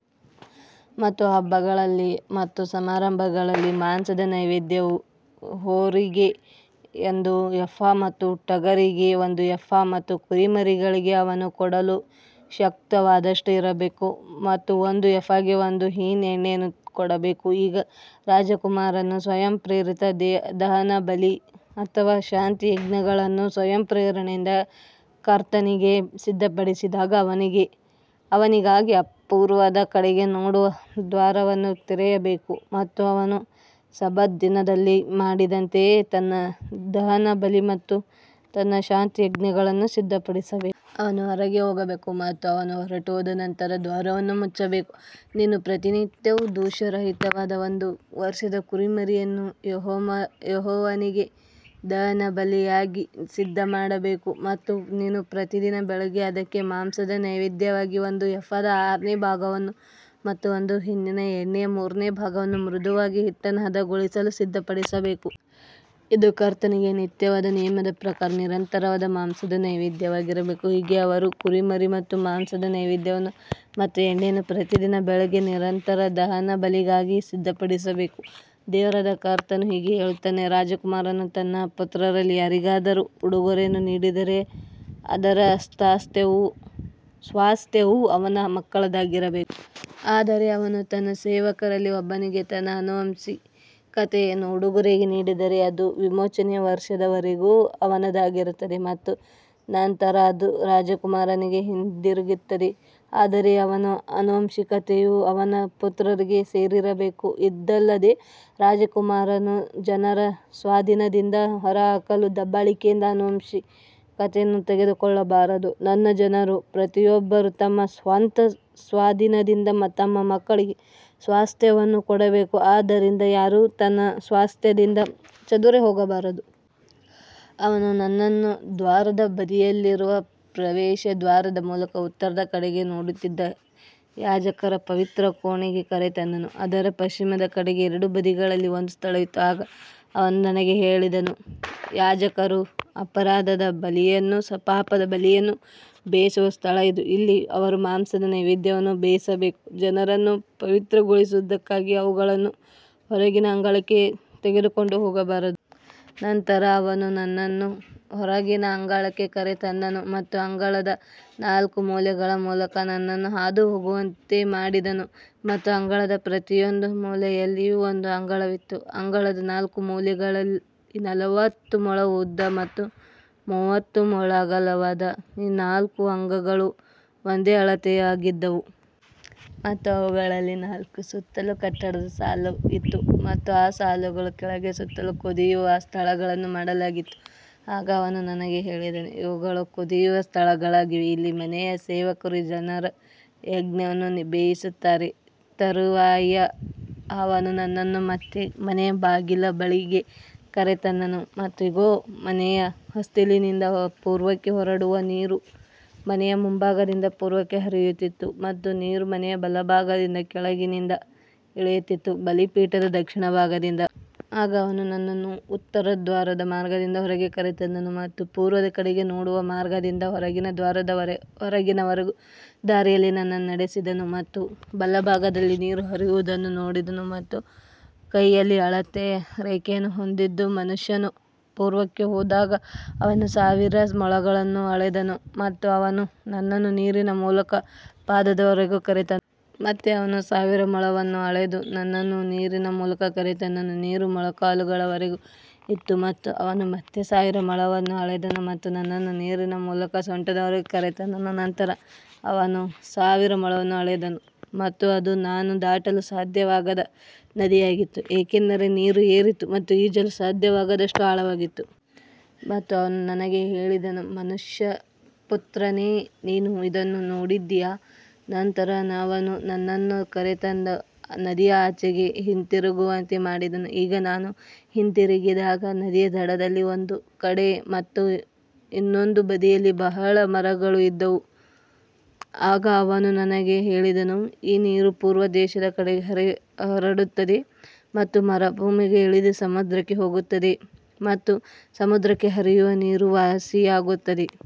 ಮತ್ತು ಹಬ್ಬಗಳಲ್ಲಿ ಮತ್ತು ಸಮಾರಂಭಗಳಲ್ಲಿ ಮಾಂಸದ ನೈವೇದ್ಯವು ಹೋರಿಗೆ ಒಂದು ಎಫಾ ಮತ್ತು ಟಗರಿಗೆ ಒಂದು ಎಫಾ ಮತ್ತು ಕುರಿಮರಿಗಳಿಗೆ ಅವನು ಕೊಡಲು ಶಕ್ತವಾದಷ್ಟು ಇರಬೇಕು ಮತ್ತು ಒಂದು ಎಫಾಗೆ ಒಂದು ಹಿನ್ ಎಣ್ಣೆಯನ್ನು ಕೊಡಬೇಕು. ಈಗ ರಾಜಕುಮಾರನು ಸ್ವಯಂಪ್ರೇರಿತ ದಹನಬಲಿ ಅಥವಾ ಶಾಂತಿಯಜ್ಞಗಳನ್ನು ಸ್ವಯಂಪ್ರೇರಣೆಯಿಂದ ಕರ್ತನಿಗೆ ಸಿದ್ಧಪಡಿಸಿದಾಗ ಅವನಿಗಾಗಿ ಪೂರ್ವದ ಕಡೆಗೆ ನೋಡುವ ದ್ವಾರವನ್ನು ತೆರೆಯಬೇಕು ಮತ್ತು ಅವನು ಸಬ್ಬತ್ ದಿನದಲ್ಲಿ ಮಾಡಿದಂತೆಯೇ ತನ್ನ ದಹನಬಲಿ ಮತ್ತು ತನ್ನ ಶಾಂತಿಯಜ್ಞಗಳನ್ನು ಸಿದ್ಧಪಡಿಸಬೇಕು. ಅವನು ಹೊರಗೆ ಹೋಗಬೇಕು ಮತ್ತು ಅವನು ಹೊರಟುಹೋದ ನಂತರ ದ್ವಾರವನ್ನು ಮುಚ್ಚಬೇಕು. ನೀನು ಪ್ರತಿನಿತ್ಯವೂ ದೋಷರಹಿತವಾದ ಒಂದು ವರ್ಷದ ಕುರಿಮರಿಯನ್ನು ಯೆಹೋವನಿಗೆ ದಹನಬಲಿಯಾಗಿ ಸಿದ್ಧಮಾಡಬೇಕು. ಮತ್ತು ನೀನು ಪ್ರತಿ ದಿನ ಬೆಳಿಗ್ಗೆ ಅದಕ್ಕೆ ಮಾಂಸದ ನೈವೇದ್ಯವಾಗಿ ಒಂದು ಎಫಾದ ಆರನೇ ಭಾಗವನ್ನು ಮತ್ತು ಒಂದು ಹಿನ್ನಿನ ಎಣ್ಣೆಯ ಮೂರನೇ ಭಾಗವನ್ನು ಮೃದುವಾದ ಹಿಟ್ಟನ್ನು ಹದಗೊಳಿಸಲು ಸಿದ್ಧಪಡಿಸಬೇಕು. ಇದು ಕರ್ತನಿಗೆ ನಿತ್ಯವಾದ ನಿಯಮದ ಪ್ರಕಾರ ನಿರಂತರವಾದ ಮಾಂಸದ ನೈವೇದ್ಯವಾಗಿರಬೇಕು. ಹೀಗೆ ಅವರು ಕುರಿಮರಿ ಮತ್ತು ಮಾಂಸದ ನೈವೇದ್ಯವನ್ನು ಮತ್ತು ಎಣ್ಣೆಯನ್ನು ಪ್ರತಿದಿನ ಬೆಳಿಗ್ಗೆ ನಿರಂತರ ದಹನಬಲಿಗಾಗಿ ಸಿದ್ಧಪಡಿಸಬೇಕು. ದೇವರಾದ ಕರ್ತನು ಹೀಗೆ ಹೇಳುತ್ತಾನೆ, ರಾಜಕುಮಾರನು ತನ್ನ ಪುತ್ರರಲ್ಲಿ ಯಾರಿಗಾದರೂ ಉಡುಗೊರೆಯನ್ನು ನೀಡಿದರೆ ಅದರ ಸ್ವಾಸ್ತ್ಯವು ಅವನ ಮಕ್ಕಳದ್ದಾಗಿರಬೇಕು. ಆದರೆ ಅವನು ತನ್ನ ಸೇವಕರಲ್ಲಿ ಒಬ್ಬನಿಗೆ ತನ್ನ ಆನುವಂಶಿಕತೆಯನ್ನು ಉಡುಗೊರೆಯಾಗಿ ನೀಡಿದರೆ, ಅದು ವಿಮೋಚನೆಯ ವರ್ಷದವರೆಗೆ ಅವನದಾಗಿರುತ್ತದೆ ಮತ್ತು ನಂತರ ಅದು ರಾಜಕುಮಾರನಿಗೆ ಹಿಂದಿರುಗುತ್ತದೆ. ಆದರೆ ಅವನ ಆನುವಂಶಿಕತೆಯು ಅವನ ಪುತ್ರರಿಗೆ ಸೇರಿರಬೇಕು. ಇದಲ್ಲದೆ ರಾಜಕುಮಾರನು ಜನರ ಸ್ವಾಧೀನದಿಂದ ಹೊರಹಾಕಲು ದಬ್ಬಾಳಿಕೆಯಿಂದ ಆನುವಂಶಿಕತೆಯನ್ನು ತೆಗೆದುಕೊಳ್ಳಬಾರದು. ನನ್ನ ಜನರು ಪ್ರತಿಯೊಬ್ಬರೂ ತಮ್ಮ ಸ್ವಂತ ಸ್ವಾಧೀನದಿಂದ ತಮ್ಮ ಮಕ್ಕಳಿಗೆ ಸ್ವಾಸ್ತ್ಯವನ್ನು ಕೊಡಬೇಕು, ಆದ್ದರಿಂದ ಯಾರೂ ತನ್ನ ಸ್ವಾಸ್ತ್ಯದಿಂದ ಚದುರಿಹೋಗಬಾರದು. ಅವನು ನನ್ನನ್ನು ದ್ವಾರದ ಬದಿಯಲ್ಲಿರುವ ಪ್ರವೇಶದ್ವಾರದ ಮೂಲಕ ಉತ್ತರದ ಕಡೆಗೆ ನೋಡುತ್ತಿದ್ದ ಯಾಜಕರ ಪವಿತ್ರ ಕೋಣೆಗೆ ಕರೆತಂದನು. ಅದರ ಪಶ್ಚಿಮದ ಕಡೆಗೆ ಎರಡು ಬದಿಗಳಲ್ಲಿ ಒಂದು ಸ್ಥಳವಿತ್ತು. ಆಗ ಅವನು ನನಗೆ ಹೇಳಿದನು, ಯಾಜಕರು ಅಪರಾಧದ ಬಲಿಯನ್ನೂ ಪಾಪದ ಬಲಿಯನ್ನೂ ಬೇಯಿಸುವ ಸ್ಥಳ ಇದು. ಅಲ್ಲಿ ಅವರು ಮಾಂಸದ ನೈವೇದ್ಯವನ್ನು ಬೇಯಿಸಬೇಕು, ಜನರನ್ನು ಪವಿತ್ರಗೊಳಿಸುವುದಕ್ಕಾಗಿ ಅವುಗಳನ್ನು ಹೊರಗಿನ ಅಂಗಳಕ್ಕೆ ತೆಗೆದುಕೊಂಡು ಹೋಗಬಾರದು. ನಂತರ ಅವನು ನನ್ನನ್ನು ಹೊರಗಿನ ಅಂಗಳಕ್ಕೆ ಕರೆತಂದನು ಮತ್ತು ಅಂಗಳದ ನಾಲ್ಕು ಮೂಲೆಗಳ ಮೂಲಕ ನನ್ನನ್ನು ಹಾದುಹೋಗುವಂತೆ ಮಾಡಿದನು ಮತ್ತು ಅಂಗಳದ ಪ್ರತಿಯೊಂದು ಮೂಲೆಯಲ್ಲಿಯೂ ಒಂದು ಅಂಗಳವಿತ್ತು. ಅಂಗಳದ ನಾಲ್ಕು ಮೂಲೆಗಳಲ್ಲಿ ನಲವತ್ತು ಮೊಳ ಉದ್ದ ಮತ್ತು ಮೂವತ್ತು ಮೊಳ ಅಗಲವಾದ ಈ ನಾಲ್ಕು ಅಂಗಳಗಳು ಒಂದೇ ಅಳತೆಯವಾಗಿದ್ದವು. ಮತ್ತು ಅವುಗಳಲ್ಲಿ ನಾಲ್ಕೂ ಸುತ್ತಲೂ ಕಟ್ಟಡದ ಸಾಲು ಇತ್ತು ಮತ್ತು ಆ ಸಾಲುಗಳ ಕೆಳಗೆ ಸುತ್ತಲೂ ಕುದಿಯುವ ಸ್ಥಳಗಳನ್ನು ಮಾಡಲಾಗಿತ್ತು. ಆಗ ಅವನು ನನಗೆ ಹೇಳಿದನು, ಇವುಗಳು ಕುದಿಯುವ ಸ್ಥಳಗಳಾಗಿವೆ, ಅಲ್ಲಿ ಮನೆಯ ಸೇವಕರು ಜನರ ಯಜ್ಞವನ್ನು ಬೇಯಿಸುತ್ತಾರೆ. ತರುವಾಯ ಅವನು ನನ್ನನ್ನು ಮತ್ತೆ ಮನೆಯ ಬಾಗಿಲ ಬಳಿಗೆ ಕರೆತಂದನು ಮತ್ತು ಇಗೋ, ಮನೆಯ ಹೊಸ್ತಿಲಿಂದ ಪೂರ್ವಕ್ಕೆ ಹೊರಡುವ ನೀರು ಮನೆಯ ಮುಂಭಾಗದಿಂದ ಪೂರ್ವಕ್ಕೆ ಹರಿಯುತ್ತಿತ್ತು ಮತ್ತು ನೀರು ಮನೆಯ ಬಲಭಾಗದಿಂದ ಕೆಳಗಿನಿಂದ ಇಳಿಯುತ್ತಿತ್ತು, ಬಲಿಪೀಠದ ದಕ್ಷಿಣ ಭಾಗದಿಂದ. ಆಗ ಅವನು ನನ್ನನ್ನು ಉತ್ತರದ ದ್ವಾರದ ಮಾರ್ಗದಿಂದ ಹೊರಗೆ ಕರೆತಂದನು ಮತ್ತು ಪೂರ್ವದ ಕಡೆಗೆ ನೋಡುವ ಮಾರ್ಗದಿಂದ ಹೊರಗಿನ ದ್ವಾರದ ಹೊರಗಿರುವ ದಾರಿಯಲ್ಲಿ ನನ್ನನ್ನು ನಡೆಸಿದನು ಮತ್ತು ಬಲಭಾಗದಲ್ಲಿ ನೀರು ಹರಿಯುವುದನ್ನು ನೋಡಿದೆನು. ಮತ್ತು ಕೈಯಲ್ಲಿ ಅಳತೆಯ ರೇಖೆಯನ್ನು ಹೊಂದಿದ್ದ ಮನುಷ್ಯನು ಪೂರ್ವಕ್ಕೆ ಹೋದಾಗ ಅವನು ಸಾವಿರ ಮೊಳವನ್ನು ಅಳೆದನು ಮತ್ತು ಅವನು ನನ್ನನ್ನು ನೀರಿನ ಮೂಲಕ ಪಾದದವರೆಗೆ ಕರೆತಂದನು. ಮತ್ತೆ ಅವನು ಸಾವಿರ ಮೊಳವನ್ನು ಅಳೆದು ನನ್ನನ್ನು ನೀರಿನ ಮೂಲಕ ಕರೆತಂದನು, ನೀರು ಮೊಣಕಾಲುಗಳವರೆಗೆ ಇತ್ತು. ಮತ್ತು ಅವನು ಮತ್ತೆ ಸಾವಿರ ಮೊಳವನ್ನು ಅಳೆದನು ಮತ್ತು ನನ್ನನ್ನು ನೀರಿನ ಮೂಲಕ ಸೊಂಟದವರೆಗೆ ಕರೆತಂದನು. ನಂತರ ಅವನು ಸಾವಿರ ಮೊಳವನ್ನು ಅಳೆದನು ಮತ್ತು ಅದು ನಾನು ದಾಟಲು ಸಾಧ್ಯವಾಗದ ನದಿಯಾಗಿತ್ತು, ಏಕೆಂದರೆ ನೀರು ಏರಿತ್ತು ಮತ್ತು ಈಜಲು ಸಾಧ್ಯವಾಗದಷ್ಟು ಆಳವಾಗಿತ್ತು. ಮತ್ತು ಅವನು ನನಗೆ ಹೇಳಿದನು, ಮನುಷ್ಯಪುತ್ರನೇ, ನೀನು ಇದನ್ನು ನೋಡಿದ್ದೀಯಾ. ನಂತರ ಅವನು ನನ್ನನ್ನು ಕರೆತಂದು ನದಿಯ ಅಂಚಿಗೆ ಹಿಂತಿರುಗುವಂತೆ ಮಾಡಿದನು. ಈಗ ನಾನು ಹಿಂದಿರುಗಿದಾಗ ನದಿಯ ದಡದಲ್ಲಿ ಒಂದು ಕಡೆ ಮತ್ತು ಇನ್ನೊಂದು ಬದಿಯಲ್ಲಿ ಬಹಳ ಮರಗಳು ಇದ್ದವು. ಆಗ ಅವನು ನನಗೆ ಹೇಳಿದನು, ಈ ನೀರು ಪೂರ್ವ ದೇಶದ ಕಡೆಗೆ ಹೊರಡುತ್ತದೆ ಮತ್ತು ಮರುಭೂಮಿಗೆ ಇಳಿದು ಸಮುದ್ರಕ್ಕೆ ಹೋಗುತ್ತದೆ ಮತ್ತು ಸಮುದ್ರಕ್ಕೆ ಹರಿಯುವ ನೀರು ವಾಸಿಯಾಗುತ್ತದೆ.